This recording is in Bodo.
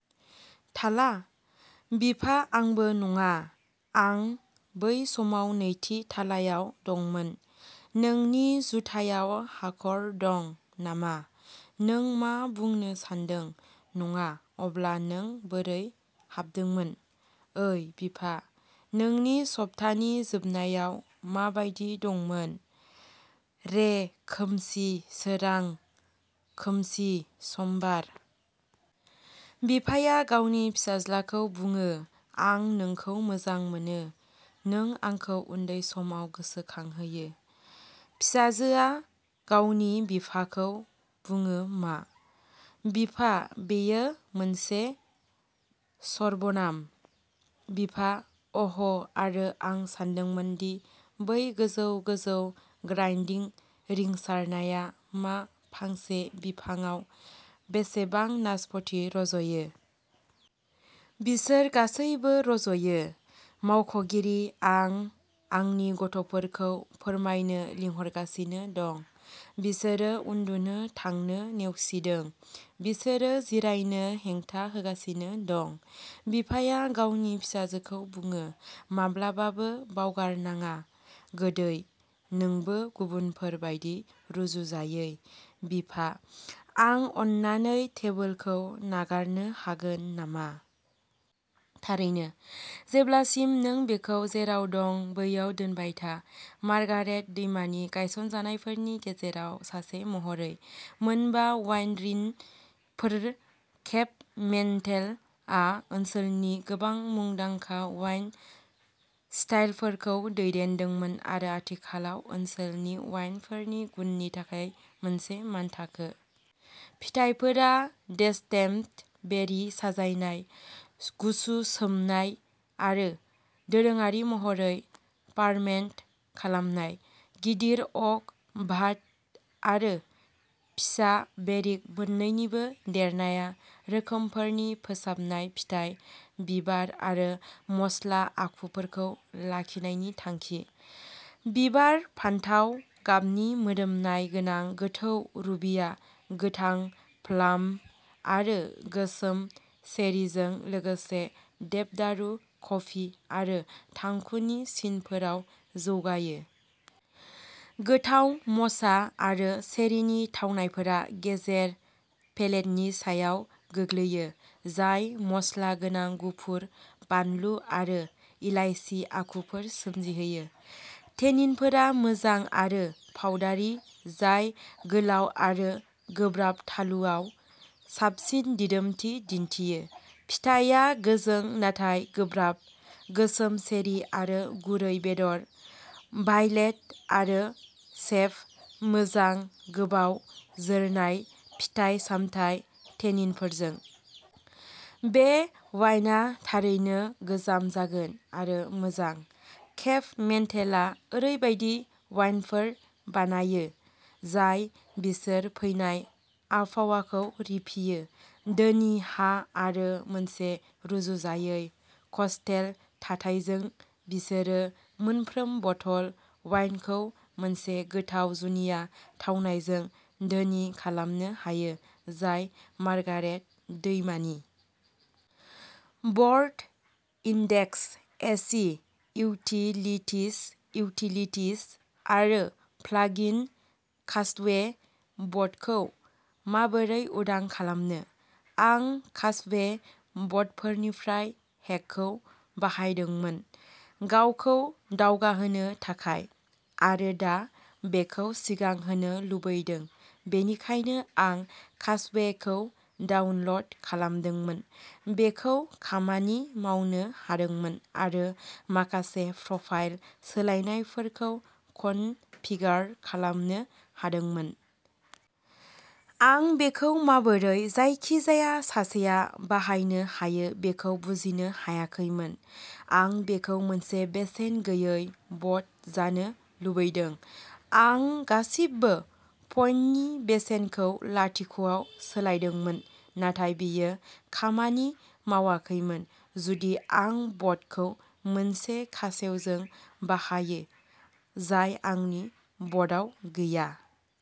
थाला? बिफा आंबो नङा, आं बै समाव नैथि थालायाव दंमोन। नोंनि जुथायाव हाखर दं नामा? नों मा बुंनो सान्दों, नङा, अब्ला नों बोरै हाबदोंमोन? ओइ बिफा, नोंनि सप्तानि जोबनायाव माबायदि दंमोन? रे, खोमसि, सोरां, खोमसि, समबार। बिफाया गावनि फिसाज्लाखौ बुङो आं नोंखौ मोजां मोनो। नों आंखौ उन्दै समाव गोसोखांहोयो। फिसाजोआ गावनि बिफाखौ बुङो मा? बिफा बेयो मोनसे सर्बनाम। बिफा अ'ह आरो आं सानदोंमोन दि बै गोजौ-गोजौ ग्राइन्डिं रिंसारनाया मा फांसे बिफांआव बेसेबां नासपति रज'यो? बिसोर गासैबो रज'यो। मावख'गिरि, आं आंनि गथ'फोरखौ फोरमायनो लिंहरगासिनो दं। बिसोरो उन्दुनो थांनो नेवसिदों। बिसोरो जिरायनो हेंथा होगासिनो दं। बिफाया गावनि फिसाजोखौ बुङोः "माब्लाबाबो बावगारनाङा, गोदै, नोंबो गुबुनफोर बायदि रुजुजायै।" बिफा, आं अन्नानै टेबोलखौ नागारनो हागोन नामा? थारैनो, जेब्लासिम नों बेखौ जेराव दं बैयाव दोनबाय था। मार्गारेट दैमानि गायसनजानायफोरनि गेजेराव सासे महरै। मोनबा' वाइनरिफोर, केप मेन्टेलआ ओनसोलनि गोबां मुंदांखा वाइन स्टाइलफोरखौ दैदेनदोंमोन आरो आथिखालाव ओनसोलनि वाइनफोरनि गुननि थाखाय मोनसे मानथाखो। फिथाइफोरा डेस्टेम्ड, बेरि साजायनाय, गुसु सोमनाय आरो दोरोङारि महरै फार्मेन्ट खालामनाय। गिदिर अक भाट आरो फिसा बेरिक मोन्नैनिबो देरनाया रोखोमफोरनि फोसाबनाय फिथाइ, बिबार आरो मस्ला आखुफोरखौ लाखिनायनि थांखि। बिबार, फान्थाव गाबनि मोदोमनाय गोनां गोथौ रुबिआ गोथां प्लाम आरो गोसोम चेरीजों लोगोसे देवदारु, कफि आरो थांखुनि सिनफोराव जौगायो। गोथाव म'चा आरो चेरीनि थावनायफोरा गेजेर-पेलेटनि सायाव गोग्लैयो, जाय मस्ला गोनां गुफुर बानलु आरो इलायसि आखुफोर सोमजिहोयो। टेनिनफोरा मोजां आरो पाउडारि, जाय गोलाव आरो गोब्राब थालुआव साबसिन दिदोमथि दिन्थियो। फिथायआ गोजों नाथाय गोब्राब, गोसोम चेरी आरो गुरै बेदर, भायलेट आरो सेप, मोजां, गोबाव जोरनाय, फिथाइ-सामथाय टेनिनफोरजों। बे वाइनआ थारैनो गोजाम जागोन, आरो मोजां। केप मेन्टेलआ ओरैबायदि वाइनफोर बानायो जाय बिसोर फैनाय आबहावाखौ रिफियो, धोनि हा आरो मोनसे रुजुजायै कस्टेल थाथायजों बिसोरो मोनफ्रोम बथल वाइनखौ मोनसे गोथाव जुनिया थावनायजों धोनि खालामनो हायो जाय मार्गारेट दैमानि। ब'र्ड इन्डेक्स एसि इउटिलितिज इउटिलितिज आरो प्लागिन कास्टवे बटखौ माबोरै उदां खालामनो? आं कास्टवे ब'टफोरनिफ्राय हेकखौ बाहायदोंमोन गावखौ दावगाहोनो थाखाय, आरो दा बेखौ सिगां होनो लुबैदों बेनिखायनो आं कास्टवेखौ डाउनल'ड खालामदोंमोन। बेखौ खामानि मावनो हादोंमोन, आरो माखासे प्रफाइल सोलायनायफोरखौ कनफिगार खालामनो हादोंमोन। आं बेखौ माबोरै जायखिजाया सासेआ बाहायनो हायो बेखौ बुजिनो हायाखैमोन। आं बेखौ मोनसे बेसेन गैयै ब'ट जानो लुबैदों। आं गासिबो पइन्टनि बेसेनखौ लाथिख'आव सोलायदोंमोन, नाथाय बेयो खामानि मावाखैमोन। जुदि आं ब'टखौ मोनसे खासेवजों बाहायो जाय आंनि ब'टआव गैया।